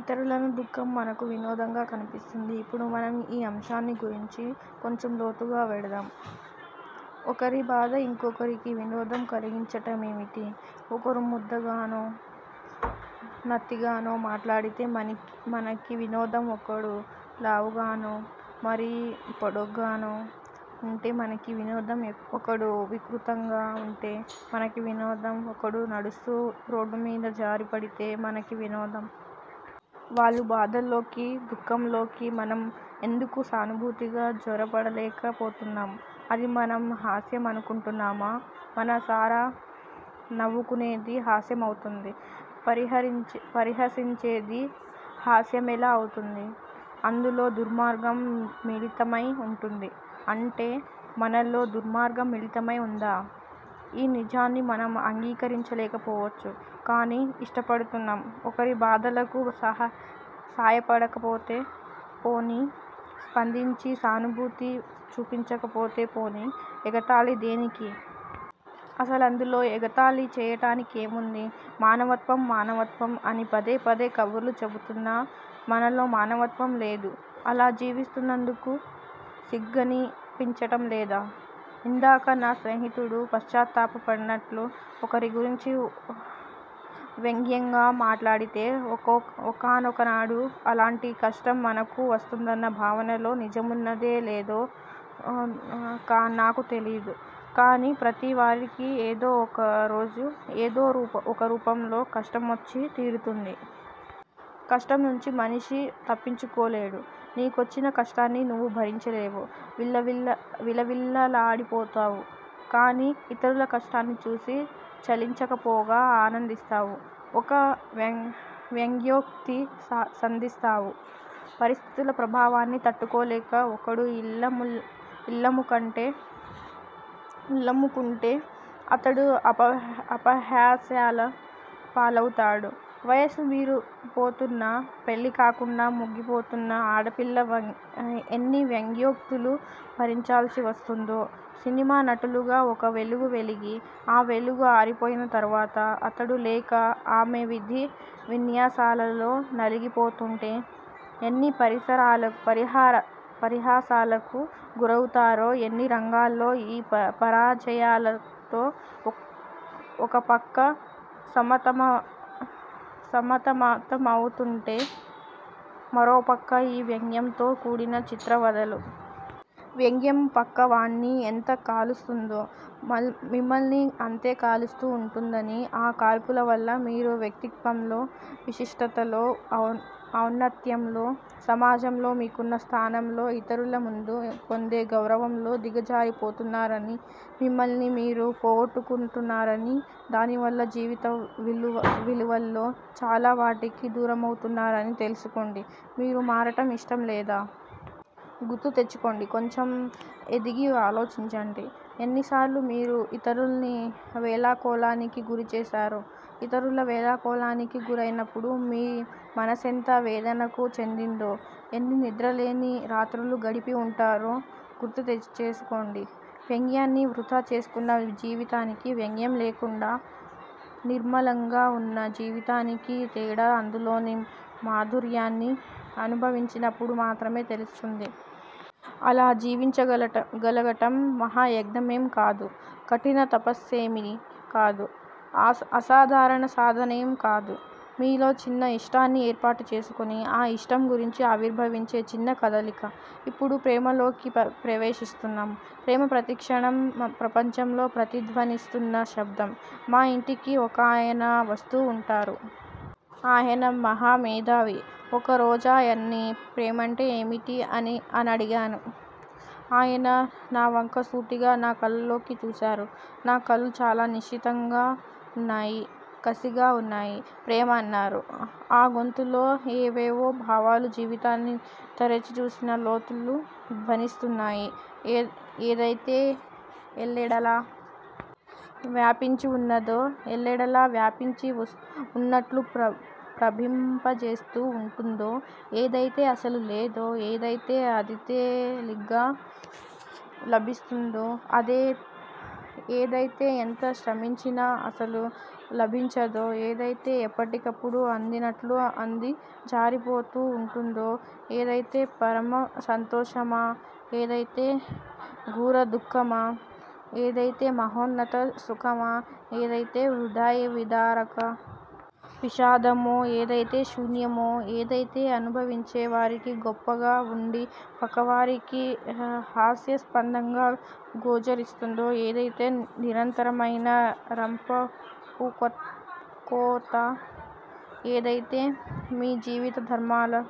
ఇతరుల దుఃఖం మనకు వినోదంగా కనిపిస్తుంది. ఇప్పుడు మనం ఈ అంశాన్ని గురించి కొంచెం లోతుగా వెడదాం. ఒకరి బాధ ఇంకొకరికి వినోదం కలిగించటమేమిటి? ఒకరు ముద్దగానో, నత్తిగానో మాట్లాడితే మనకి వినోదం ఒకడు లావుగానో, మరీ పొడుగ్గానో వుంటే మనకి వినోదం ఒకడు వికృతంగా వుంటే మనకి వినోదం ఒకడు నడుస్తూ రోడ్డుమీద జారిపడితే మనకి వినోదం. వాళ్ళ బాధల్లోకీ, దుఃఖంలోకీ మనం ఎందుకు సానుభూతిగా జొరబడలేక పోతున్నాం? అది మనం హాస్యమనుకుంటున్నామా? మనసారా నవ్వుకునేది హాస్యమవుతుంది. పరిహసించేది హాస్యమెలా అవుతుంది? అందులో దుర్మార్గం మిళితమై వుంటుంది. అంటే మనలో దుర్మార్గం మిళితమై వుందా? ఈ నిజాన్ని మనం అంగీకరించలేకపోవచ్చు కాని ఇష్టపడుతున్నాం. ఒకరి బాధలకు సాయపడకపోతే పోనీ, స్పందించి సానుభూతి చూపించకపోతే పోనీ, ఎగతాళి దేనికి? అసలందులో ఎగతాళి చేయటానికేముంది? మానవత్వం మానవత్వం అని పదేపదే కబుర్లు చెపుతున్నా మనలో మానవత్వంలేదు. అలా జీవిస్తున్నందుకు సిగ్గనిపించటం లేదా? ఇందాక నా స్నేహితుడు పశ్చాత్తాపపడినట్లు ఒకరిగురించి వ్యంగ్యంగా మాట్లాడితే, ఒకానొకనాడు అలాంటి కష్టం మనకూ వస్తుందన్న భావనలో నిజమున్నదో లేదో నాకు తెలీదు. కాని ప్రతివారికీ ఏదో ఒకరోజు ఏదో ఒకరూపంలో కష్టమొచ్చి తీరుతుంది. కష్టంనుంచి మనిషి తప్పించుకోలేడు. నీకొచ్చిన కష్టాన్ని నువ్వు భరించలేవు. విలవిల్లాడిపోతావు. కాని ఇతరుల కష్టాన్ని చూసి చలించకపోగా ఆనందిస్తావు. ఒక వ్యంగ్యోక్తి సంధిస్తావు. పరిస్థితుల ప్రభావాన్ని తట్టుకోలేక ఒకడు ఇల్లమ్ముకుంటే, అతడు అపహాస్యాల పాలవుతాడో, వయసు మీరిపోతున్నా పెళ్ళి కాకుండా మగ్గిపోతున్న ఆడపిల్ల ఎన్ని వ్యంగ్యోక్తులు భరించాల్సి వస్తోందో, సినిమా నటులుగా ఒక వెలుగు వెలిగి, ఆ వెలుగు ఆరిపోయిన తర్వాత అతడు లేక ఆమె విధి విన్యాసాలలో నలిగిపోతూంటే ఎన్ని పరిహాసాలకు గురవుతారో ఎన్నిరంగాల్లో ఈ పరాజయాలతో ఒకపక్క సతమతమవుతూంటే మరోపక్క ఈ వ్యంగ్యంతో కూడిన చిత్రవధలు! వ్యంగ్యం పక్కవాణ్ని ఎంత కాలుస్తుందో, మిమ్మల్నీ అంతే కాలుస్తూ వుంటుందనీ, ఆ కాల్పుల వల్ల మీరు వ్యక్తిత్వంలో, విశిష్టతలో, ఔన్నత్యంలో సమాజంలో మీకున్న స్థానంలో, ఇతరుల ముందు పొందే గౌరవంలో దిగజారిపోతున్నారనీ, మిమ్మల్ని మీరు పోగొట్టుకుంటున్నారనీ, దానివల్ల జీవితవిలువల్లో చాలావాటికి దూరమవుతున్నారని తెలుసుకోండి. మీరు మారటం ఇష్టంలేదా? గుర్తు తెచ్చుకోండి కొంచెం ఎదిగి ఆలోచించండి. ఎన్నిసార్లు మీరు ఇతరుల్ని వేళాకోళానికి గురి చేశారో, ఇతరుల వేళాకోళానికి గురైనప్పుడు మీ మనసెంత వేదనకు చెందిందో, ఎన్ని నిద్రలేని రాత్రులు గడిపి వుంటారో గుర్తుచేసుకోండి. వ్యంగ్యాన్ని వృధా చేసుకున్న జీవితానికీ, వ్యంగ్యం లేకుండా నిర్మలంగా వున్న జీవితానికీ తేడా అందులోని మాధుర్యాన్ని అనుభవించినప్పుడు మాత్రమే తెలుస్తుంది. అలా జీవించగలగటం మహాయజ్ఞమేం కాదు. కఠిన తపస్సేమీ కాదు. అసాధారణ సాధనేం కాదు. మీలో చిన్న ఇష్టాన్ని ఏర్పాటు చేసుకుని, ఆ ఇష్టంగురించి ఆవిర్భవించే చిన్న కదలిక. ఇప్పుడు ప్రేమలోకి ప్రవేశిస్తున్నాం. ప్రేమ ప్రతిక్షణం ప్రపంచంలో ప్రతిధ్వనిస్తూన్న శబ్దం. మా ఇంటికి ఒకాయన వస్తూ వుంటారు. ఆయన మహామేధావి. ఒక రోజాయన్ని ప్రేమంటే ఏమిటి? అనడిగాను. ఆయన నావంక సూటిగా నా కళ్ళలోకి చూశారు. నా కళ్ళు చాలా నిశితంగా వున్నాయి కసిగా వున్నాయి. ప్రేమ అన్నారు. ఆ గొంతులో ఏవేవో భావాలు జీవితాన్ని తరచి చూసిన లోతులు ధ్వనిస్తున్నాయి. ఏదైతే ఎల్లెడలా వ్యాపించివున్నదో, ఎల్లెడలా వ్యాపించి వున్నట్లు భ్రమింపచేస్తూ వుంటుందో, ఏదైతే అసలు లేదో, ఏదైతే అతితేలిగ్గా లభిస్తుందో, ఏదైతే ఎంత శ్రమించినా అసలు లభించదో, ఏదైతే ఎప్పటికప్పుడు అందినట్లు అంది జారిపోతూ వుంటుందో, ఏదైతే పరమ సంతోషమో, ఏదైతే ఘోరదుఃఖమ, ఏదైతే మహోన్నత సుఖమ, ఏదైతే హృదయవిదారక విషాదమో ఏదైతే శూన్యమో, ఏదైతే అనుభవించేవారికి గొప్పగా వుండి పక్కవారికి హాస్యస్పధంగా గోచరిస్తుందో, ఏదైతే నిరంతరమైన రంపపుకోతో, ఏదైతే మీ జీవితధర్మాల